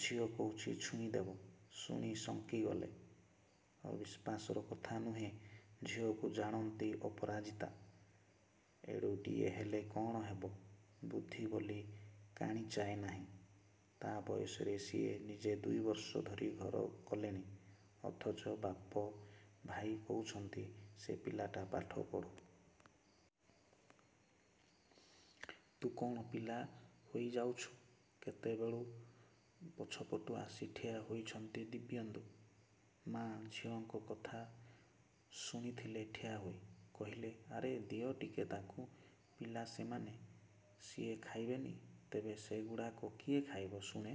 ଝିଅ କହୁଛି ଛୁଇଁଦେବ, ଶୁଣି ଶଙ୍କିଗଲେ। ଅବିଶ୍ୱାସର କଥା ନୁହେଁ, ଝିଅକୁ ଜାଣନ୍ତି ଅପରାଜିତା। ଏଡ଼ୁଟିଏ ହେଲେ କ'ଣ ହେବ, ବୁଦ୍ଧି ବୋଲି କାଣିଚାଏ ନାହିଁ। ତା' ବୟସରେ ସିଏ ନିଜେ ଦୁଇବର୍ଷ ଧରି ଘର କଲେଣି। ଅଥଚ, ବାପ, ଭାଇ, କହୁଛନ୍ତି ସେ ପିଲାଟା ପାଠ ପଢ଼ୁ। ତୁ କ'ଣ ପିଲା ହୋଇଯାଉଛୁ? କେତେବେଳୁ ପଛପଟୁ ଆସି ଠିଆ ହୋଇଛନ୍ତି ଦିବ୍ୟେନ୍ଦୁ। ମାଆ ଝିଅଙ୍କ କଥା ଶୁଣିଥିଲେ ଠିଆହୋଇ। କହିଲେ ଆରେ ଦିଅ ଟିକେ ତାକୁ। ପିଲା ସେମାନେ, ସିଏ ଖାଇବେନି, ତେବେ ସେଗୁଡାକ କିଏ ଖାଇବ ଶୁଣେ?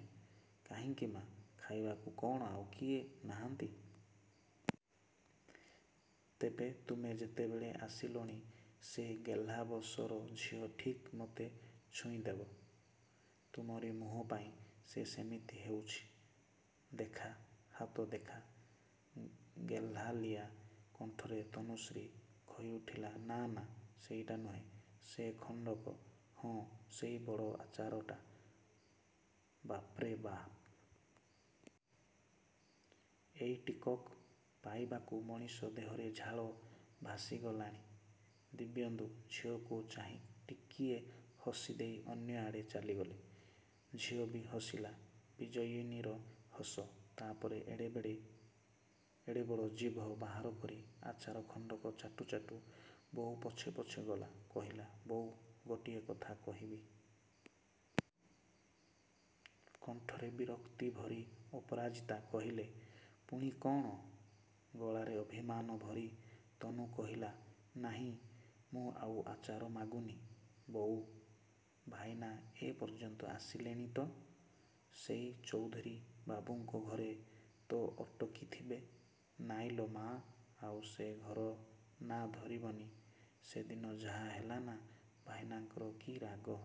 କାହିଁକି ମା, ଖାଇବାକୁ କ'ଣ ଆଉ କିଏ ନାହାନ୍ତି? ତେବେ ତୁମେ ଯେତେବେଳେ ଆସିଲଣି ସେ ଗେହ୍ଲାବସର ଝିଅ ଠିକ୍ ମୋତେ ଛୁଇଁଦେବ। ତୁମରି ମୁହଁ ପାଇ ସେ ସେମିତି ହେଉଛି। ଦେଖା, ହାତ ଦେଖା। ଗେହ୍ଲାଳିଆ କଣ୍ଠରେ ତନୁଶ୍ରୀ କହିଉଠିଲା ନା ନା, ସେଇଟା ନୁହେଁ। ସେ ଖଣ୍ଡକ। ହଁ, ସେଇ ବଡ଼ ଆଚାରଟା। ବାପ୍ରେ ବାପ୍! ଏଇ ଟିକକ ପାଇବାକୁ ମଣିଷ ଦେହରେ ଝାଳ ଭାସିଗଲାଣି। ଦିବ୍ୟେନ୍ଦୁ ଝିଅକୁ ଚାହିଁ ଟିକିଏ ହସିଦେଇ ଅନ୍ୟଆଡ଼େ ଚାଲିଗଲେ। ଝିଅବି ହସିଲା, ବିଜୟିନୀର ହସ। ତାପରେ ଏଡ଼େବଡ଼ ଜିଭ ବାହାର କରି ଆଚାର ଖଣ୍ଡକ ଚାଟୁ ଚାଟୁ ବୋଉ ପଛେ ପଛେ ଗଲା। କହିଲା ବୋଉ, ଗୋଟିଏ କଥା କହିବି। କଣ୍ଠରେ ବିରକ୍ତି ଭରି ଅପରାଜିତା କହିଲେ ପୁଣି କ'ଣ? ଗଳାରେ ଅଭିମାନ ଭରି ତନୁ କହିଲା ନାଇଁ ମୁଁ ଆଉ ଆଚାର ମାଗୁନି। ବୋଉ, ଭାଇନା ଏ ପର୍ଯ୍ୟନ୍ତ ଆସିଲେନି ତ? ସେଇ ଚଉଧୂରୀ ବାବୁଙ୍କ ଘରେ ତ ଅଟକିଥିବେ। ନାଇଁ ଲୋ ମା, ଆଉ ସେ ଘର ନାଁ ଧରିବିନି; ସେଦିନ ଯାହା ହେଲାନା, ଭାଇନାଙ୍କର କି ରାଗ।